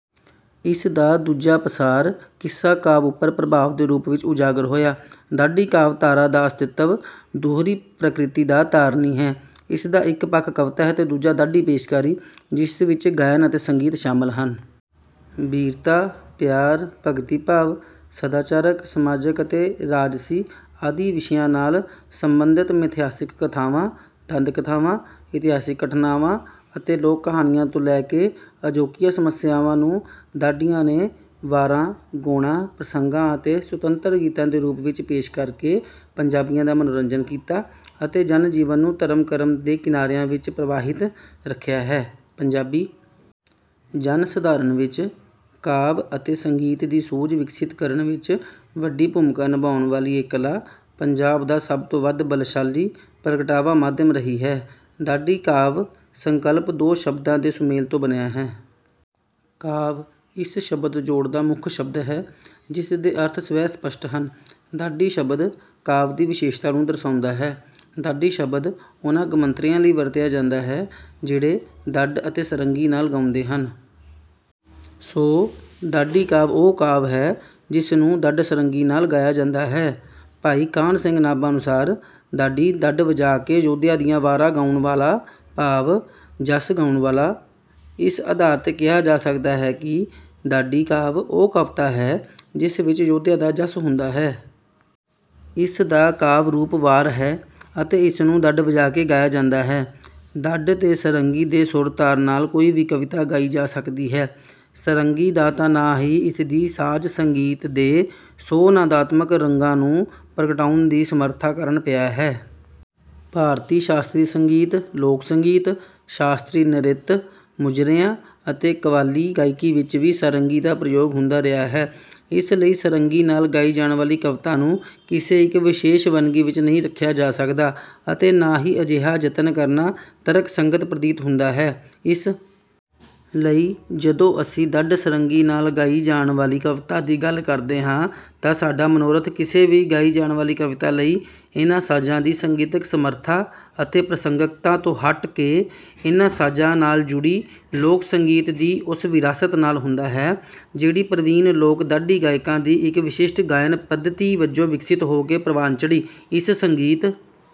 ਇਸ ਦਾ ਦੂਜਾ ਪਸਾਰ ਕਿੱਸਾ-ਕਾਵਿ ਉੱਪਰ ਪ੍ਰਭਾਵ ਦੇ ਰੂਪ ਵਿੱਚ ਉਜਾਗਰ ਹੋਇਆ। ਢਾਡੀ ਕਾਵਿ-ਧਾਰਾ ਦਾ ਅਸਤਿਤਵ ਦੂਹਰੀ ਪ੍ਰਕਿਰਤੀ ਦਾ ਧਾਰਨੀ ਹੈ। ਇਸ ਦਾ ਇੱਕ ਪੱਖ ਕਵਿਤਾ ਹੈ ਤੇ ਦੂਜਾ ਢਾਡੀ ਪੇਸ਼ਕਾਰੀ, ਜਿਸ ਵਿੱਚ ਗਾਇਨ ਅਤੇ ਸੰਗੀਤ ਸ਼ਾਮਲ ਹਨ। ਬੀਰਤਾ, ਪਿਆਰ, ਭਗਤੀ-ਭਾਵ, ਸਦਾਚਾਰਿਕ, ਸਮਾਜਿਕ ਅਤੇ ਰਾਜਸੀ ਆਦਿ ਵਿਸ਼ਿਆਂ ਨਾਲ ਸੰਬੰਧਿਤ ਮਿਥਿਹਾਸਿਕ ਕਥਾਵਾਂ, ਦੰਤ-ਕਥਾਵਾਂ, ਇਤਿਹਾਸਕ ਘਟਨਾਵਾਂ ਅਤੇ ਲੋਕ-ਕਹਾਣੀਆਂ ਤੋਂ ਲੈ ਕੇ ਅਜੋਕੀਆਂ ਸਮੱਸਿਆਵਾਂ ਨੂੰ ਢਾਡੀਆਂ ਨੇ ਵਾਰਾਂ, ਗੌਣਾਂ, ਪ੍ਰਸੰਗਾਂ ਅਤੇ ਸੁਤੰਤਰ ਗੀਤਾਂ ਦੇ ਰੂਪ ਵਿੱਚ ਪੇਸ਼ ਕਰਕੇ ਪੰਜਾਬੀਆਂ ਦਾ ਮਨੋਰੰਜਨ ਕੀਤਾ ਅਤੇ ਜਨ-ਜੀਵਨ ਨੂੰ ਧਰਮ-ਕਰਮ ਦੇ ਕਿਨਾਰਿਆਂ ਵਿੱਚ ਪ੍ਰਵਾਹਿਤ ਰੱਖਿਆ ਹੈ। ਪੰਜਾਬੀ ਜਨ-ਸਧਾਰਨ ਵਿੱਚ ਕਾਵਿ ਅਤੇ ਸੰਗੀਤ ਦੀ ਸੂਝ ਵਿਕਸਿਤ ਕਰਨ ਵਿੱਚ ਵੱਡੀ ਭੂਮਿਕਾ ਨਿਭਾਉਣ ਵਾਲੀ ਇਹ ਕਲਾ ਪੰਜਾਬ ਦਾ ਸਭ ਤੋਂ ਵੱਧ ਬਲਸ਼ਾਲੀ ਪ੍ਰਗਟਾਵਾ-ਮਾਧਿਅਮ ਰਹੀ ਹੈ। ‘ਢਾਡੀ ਕਾਵਿ’ ਸੰਕਲਪ ਦੋ ਸ਼ਬਦਾਂ ਦੇ ਸੁਮੇਲ ਤੋਂ ਬਣਿਆ ਹੈ। ‘ਕਾਵਿ’ ਇਸ ਸ਼ਬਦ-ਜੋੜ ਦਾ ਮੁੱਖ ਸ਼ਬਦ ਹੈ, ਜਿਸ ਦੇ ਅਰਥ ਸਵੈ-ਸਪੱਸ਼ਟ ਹਨ। ‘ਢਾਡੀ’ ਸ਼ਬਦ ਕਾਵਿ ਦੀ ਵਿਸ਼ੇਸ਼ਤਾ ਨੂੰ ਦਰਸਾਉਂਦਾ ਹੈ। ਢਾਡੀ ਸ਼ਬਦ ਉਨ੍ਹਾਂ ਗਮੰਤਰੀਆਂ ਲਈ ਵਰਤਿਆ ਜਾਂਦਾ ਹੈ, ਜਿਹੜੇ ਢੱਡ ਅਤੇ ਸਾਰੰਗੀ ਨਾਲ ਗਾਉਂਦੇ ਹਨ। ਸੋ, ਢਾਡੀ ਕਾਵਿ ਉਹ ਕਾਵਿ ਹੈ, ਜਿਸ ਨੂੰ ਢੱਡ-ਸਾਰੰਗੀ ਨਾਲ ਗਾਇਆ ਜਾਂਦਾ ਹੈ। ਭਾਈ ਕਾਨ੍ਹ ਸਿੰਘ ਨਾਭਾ ਅਨੁਸਾਰ, “ਢਾਢੀ—ਢੱਡ ਵਜਾ ਕੇ ਯੋਧਿਆਂ ਦੀਆਂ ਵਾਰਾਂ ਗਾਉਣ ਵਾਲਾ; ਭਾਵ, ਜਸ ਗਾਉਣ ਵਾਲਾ।”ਇਸ ਆਧਾਰ ’ਤੇ ਕਿਹਾ ਜਾ ਸਕਦਾ ਹੈ ਕਿ ਢਾਡੀ ਕਾਵਿ ਉਹ ਕਵਿਤਾ ਹੈ, ਜਿਸ ਵਿੱਚ ਯੋਧਿਆਂ ਦਾ ਜਸ ਹੁੰਦਾ ਹੈ। ਇਸ ਦਾ ਕਾਵਿ-ਰੂਪ ‘ਵਾਰ’ ਹੈ ਅਤੇ ਇਸ ਨੂੰ ਢੱਡ ਵਜਾ ਕੇ ਗਾਇਆ ਜਾਂਦਾ ਹੈ। ਢੱਡ ਤੇ ਸਾਰੰਗੀ ਦੇ ਸੁਰ-ਤਾਲ ਨਾਲ ਕੋਈ ਵੀ ਕਵਿਤਾ ਗਾਈ ਜਾ ਸਕਦੀ ਹੈ। ਸਾਰੰਗੀ ਦਾ ਤਾਂ ਨਾਂ ਹੀ ਇਸ ਦੀ ਸਾਜ਼-ਸੰਗੀਤ ਦੇ ਸੌ ਨਾਦਾਤਮਕ ਰੰਗਾਂ ਨੂੰ ਪ੍ਰਗਟਾਉਣ ਦੀ ਸਮਰੱਥਾ ਕਾਰਨ ਪਿਆ ਹੈ। ਭਾਰਤੀ ਸ਼ਾਸਤਰੀ ਸੰਗੀਤ, ਲੋਕ-ਸੰਗੀਤ, ਸ਼ਾਸਤਰੀ ਨ੍ਰਿਤ, ਮੁਜਰਿਆਂ ਅਤੇ ਕਵਾਲੀ ਗਾਇਕੀ ਵਿੱਚ ਵੀ ਸਾਰੰਗੀ ਦਾ ਪ੍ਰਯੋਗ ਹੁੰਦਾ ਰਿਹਾ ਹੈ। ਇਸ ਲਈ ਸਾਰੰਗੀ ਨਾਲ ਗਾਈ ਜਾਣ ਵਾਲੀ ਕਵਿਤਾ ਨੂੰ ਕਿਸੇ ਇੱਕ ਵਿਸ਼ੇਸ਼ ਵੰਨਗੀ ਵਿੱਚ ਨਹੀਂ ਰੱਖਿਆ ਜਾ ਸਕਦਾ ਅਤੇ ਨਾ ਹੀ ਅਜਿਹਾ ਯਤਨ ਕਰਨਾ ਤਰਕਸੰਗਤ ਪ੍ਰਤੀਤ ਹੁੰਦਾ ਹੈ। ਇਸ ਲਈ, ਜਦੋਂ ਅਸੀਂ ਢੱਡ-ਸਾਰੰਗੀ ਨਾਲ ਗਾਈ ਜਾਣ ਵਾਲੀ ਕਵਿਤਾ ਦੀ ਗੱਲ ਕਰਦੇ ਹਾਂ ਤਾਂ ਸਾਡਾ ਮਨੋਰਥ ਕਿਸੇ ਵੀ ਗਾਈ ਜਾਣ ਵਾਲੀ ਕਵਿਤਾ ਲਈ ਇਨ੍ਹਾਂ ਸਾਜ਼ਾਂ ਦੀ ਸੰਗੀਤਕ ਸਮਰੱਥਾ ਅਤੇ ਪ੍ਰਸੰਗਿਕਤਾ ਤੋਂ ਹਟ ਕੇ ਇਨ੍ਹਾਂ ਸਾਜ਼ਾਂ ਨਾਲ ਜੁੜੀ ਲੋਕ-ਸੰਗੀਤ ਦੀ ਉਸ ਵਿਰਾਸਤ ਨਾਲ ਹੁੰਦਾ ਹੈ, ਜਿਹੜੀ ਪ੍ਰਵੀਣ ਲੋਕ-ਢਾਡੀ ਗਾਇਕਾਂ ਦੀ ਇੱਕ ਵਿਸ਼ਿਸ਼ਟ ਗਾਇਣ-ਪੱਧਤੀ ਵਜੋਂ ਵਿਕਸਿਤ ਹੋ ਕੇ ਪ੍ਰਵਾਨ ਚੜ੍ਹੀ। ਇਸ ਸੰਗੀਤ…